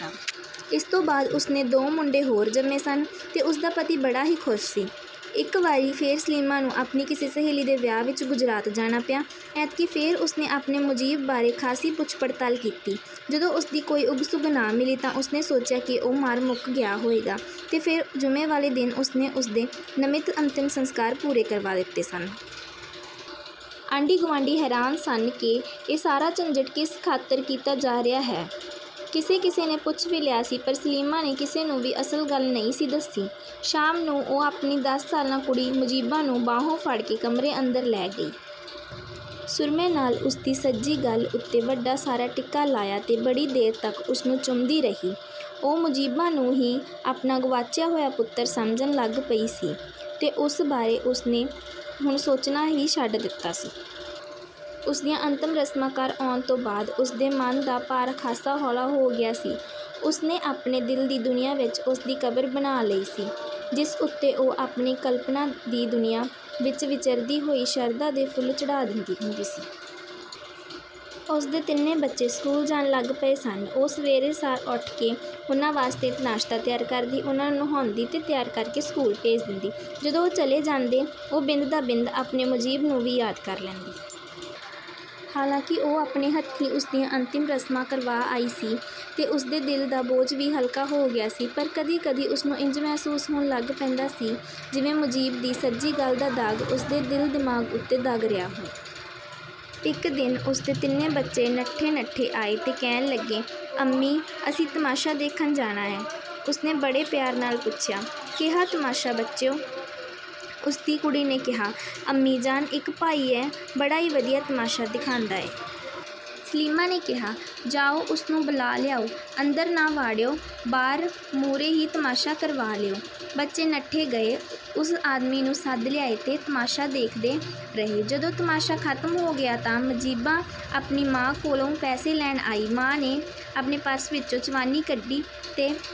ਇਸ ਤੋਂ ਬਾਅਦ ਉਸਨੇ ਦੋ ਮੁੰਡੇ ਹੋਰ ਜੰਮੇ ਸਨ ਤੇ ਉਸਦਾ ਪਤੀ ਬੜਾ ਹੀ ਖੁਸ਼ ਸੀ। ਇਕ ਵਾਰੀ ਫੇਰ ਸਲੀਮਾ ਨੂੰ ਆਪਣੀ ਕਿਸੇ ਸਹੇਲੀ ਦੇ ਵਿਆਹ ਵਿਚ ਗੁਜਰਾਤ ਜਾਣਾ ਪਿਆ। ਐਤਕੀਂ ਫੇਰ ਉਸਨੇ ਆਪਣੇ ਮੁਜੀਬ ਬਾਰੇ ਖਾਸੀ ਪੁੱਛ-ਪੜਤਾਲ ਕੀਤੀ ਤੇ ਜਦੋਂ ਉਸਦੀ ਕੋਈ ਉੱਗ-ਸੁੱਘ ਨਾ ਮਿਲੀ ਤਾਂ ਉਸਨੇ ਸੋਚਿਆ ਕਿ ਉਹ ਮਰ-ਮੁੱਕ ਗਿਆ ਹੋਏਗਾ ਤੇ ਫੇਰ ਜੁਮੇ ਵਾਲੇ ਦਿਨ ਉਸਨੇ ਉਸਦੇ ਨਮਿੱਤ ਅੰਤਿਮ ਸੰਸਕਾਰ ਪੂਰੇ ਕਰਵਾ ਦਿੱਤੇ ਸਨ। ਆਂਢੀ-ਗੁਆਂਢੀ ਹੈਰਾਨ ਸਨ ਕਿ ਇਹ ਸਾਰਾ ਝੰਜਟ ਕਿਸ ਖਾਤਰ ਕੀਤਾ ਜਾ ਰਿਹਾ ਹੈ! ਕਿਸੇ ਕਿਸੇ ਨੇ ਪੁੱਛ ਵੀ ਲਿਆ ਸੀ, ਪਰ ਸਲੀਮਾ ਨੇ ਕਿਸੇ ਨੂੰ ਵੀ ਅਸਲ ਗੱਲ ਨਹੀਂ ਸੀ ਦੱਸੀ। ਸ਼ਾਮ ਨੂੰ ਉਹ ਆਪਣੀ ਦਸ ਸਾਲਾ ਕੁੜੀ ਮੁਜੀਬਾ ਨੂੰ ਬਾਹੋਂ ਫੜ੍ਹ ਕੇ ਕਮਰੇ ਅੰਦਰ ਲੈ ਗਈ। ਸੁਰਮੇ ਨਾਲ ਉਸਦੀ ਸੱਜੀ ਗੱਲ੍ਹ ਉੱਤੇ ਵੱਡਾ ਸਾਰਾ ਟਿੱਕਾ ਲਾਇਆ ਤੇ ਬੜੀ ਦੇਰ ਤੱਕ ਉਸਨੂੰ ਚੁੰਮਦੀ ਰਹੀ। ਉਹ ਮੁਜੀਬਾ ਨੂੰ ਹੀ ਆਪਣਾ ਗਵਾਚਿਆ ਹੋਇਆ ਪੁੱਤਰ ਸਮਝਣ ਲੱਗ ਪਈ ਸੀ ਤੇ ਉਸ ਬਾਰੇ ਉਸਨੇ ਹੁਣ ਸੋਚਣਾ ਵੀ ਛੱਡ ਦਿੱਤਾ ਸੀ। ਉਸਦੀਆਂ ਅੰਤਮ ਰਸਮਾਂ ਕਰ ਆਉਣ ਤੋਂ ਬਾਅਦ ਉਸਦੇ ਮਨ ਦਾ ਭਾਰ ਖਾਸਾ ਹੌਲਾ ਹੋ ਗਿਆ ਸੀ। ਉਸਨੇ ਆਪਣੇ ਦਿਲ ਦੀ ਦੁਨੀਆਂ ਵਿਚ ਉਸ ਦੀ ਕਬਰ ਬਣਾਅ ਲਈ ਸੀ, ਜਿਸ ਉੱਤੇ ਉਹ ਆਪਣੀ ਕਲਪਣਾ ਦੀ ਦੁਨੀਆਂ ਵਿਚ ਵਿਚਰਦੀ ਹੋਈ ਸ਼ਰਧਾ ਦੇ ਫੁੱਲ ਚੜ੍ਹਾ ਦਿੰਦੀ ਹੁੰਦੀ ਸੀ। ਉਸਦੇ ਤਿੰਨੇ ਬੱਚੇ ਸਕੂਲ ਜਾਣ ਲੱਗ ਪਏ ਸਨ। ਉਹ ਸਵੇਰ ਸਾਰ ਉੱਠ ਕੇ ਉਹਨਾਂ ਵਾਸਤੇ ਨਾਸ਼ਤਾ ਤਿਆਰ ਕਰਦੀ, ਉਹਨਾਂ ਨੂੰ ਨੁਹਾਉਂਦੀ ਤੇ ਤਿਆਰ ਕਰਕੇ ਸਕੂਲ ਭੇਜ ਦਿੰਦੀ। ਜਦੋਂ ਉਹ ਚਲੇ ਜਾਂਦੇ, ਉਹ ਬਿੰਦ ਦਾ ਬਿੰਦ ਆਪਣੇ ਮੁਜੀਬ ਨੂੰ ਵੀ ਯਾਦ ਕਰ ਲੈਂਦੀ। ਹਾਲਾਂਕਿ ਉਹ ਆਪਣੇ ਹੱਥੀਂ ਉਸਦੀਆਂ ਅੰਤਮ ਰਸਮਾਂ ਕਰਵਾ ਆਈ ਸੀ ਤੇ ਉਸਦੇ ਦਿਲ ਦਾ ਬੋਝ ਵੀ ਹਲਕਾ ਹੋ ਗਿਆ ਸੀ, ਪਰ ਕਦੀ ਕਦੀ ਉਸਨੂੰ ਇੰਜ ਮਹਿਸੂਸ ਹੋਣ ਲੱਗ ਪੈਂਦਾ ਸੀ ਜਿਵੇਂ ਮੁਜੀਬ ਦੀ ਸੱਜੀ ਗੱਲ੍ਹ ਦਾ ਦਾਗ਼ ਉਸਦੇ ਦਿਲ ਦਿਮਾਗ਼ ਉੱਤੇ ਦਗ਼ ਰਿਹਾ ਹੈ। ਇਕ ਦਿਨ ਉਸਦੇ ਤਿੰਨੇ ਬੱਚੇ ਨੱਠੇ ਨੱਠੇ ਆਏ ਤੇ ਕਹਿਣ ਲੱਗੇ, "ਅੰਮੀ, ਅਸੀਂ ਤਮਾਸ਼ਾ ਦੇਖਣਾ ਏਂ।" ਉਸਨੇ ਬੜੇ ਪਿਆਰ ਨਾਲ ਪੁੱਛਿਆ, "ਕੇਹਾ ਤਮਾਸ਼ਾ ਬੱਚਿਓ?" ਉਸਦੀ ਕੁੜੀ ਨੇ ਕਿਹਾ, "ਅੰਮੀ ਜਾਨ, ਇਕ ਭਾਈ ਏ, ਬੜਾ ਈ ਵਧੀਆ ਤਮਾਸ਼ਾ ਦਿਖਾਂਦਾ ਏ।" ਸਲੀਮਾ ਨੇ ਕਿਹਾ, "ਜਾਓ ਉਸਨੂੰ ਬੁਲਾ ਲਿਆਓ। ਅੰਦਰ ਨਾ ਵਾੜਿਓ, ਬਾਰ ਮੂਹਰੇ ਈ ਤਮਾਸ਼ਾ ਕਰਵਾ ਲਿਓ।" ਬੱਚੇ ਨੱਠ ਗਏ। ਉਸ ਆਦਮੀ ਨੂੰ ਸੱਦ ਲਿਆਏ ਤੇ ਤਮਾਸ਼ਾ ਦੇਖਦੇ ਰਹੇ। ਜਦੋਂ ਤਮਾਸ਼ਾ ਖਤਮ ਹੋ ਗਿਆ ਤਾਂ ਮਜੀਬਾ ਆਪਣੀ ਮਾਂ ਕੋਲੋਂ ਪੈਸੇ ਲੈਣ ਆਈ। ਮਾਂ ਨੇ ਆਪਣੇ ਪਰਸ ਵਿਚੋਂ ਚਵਾਨੀ ਕੱਢੀ ਤੇ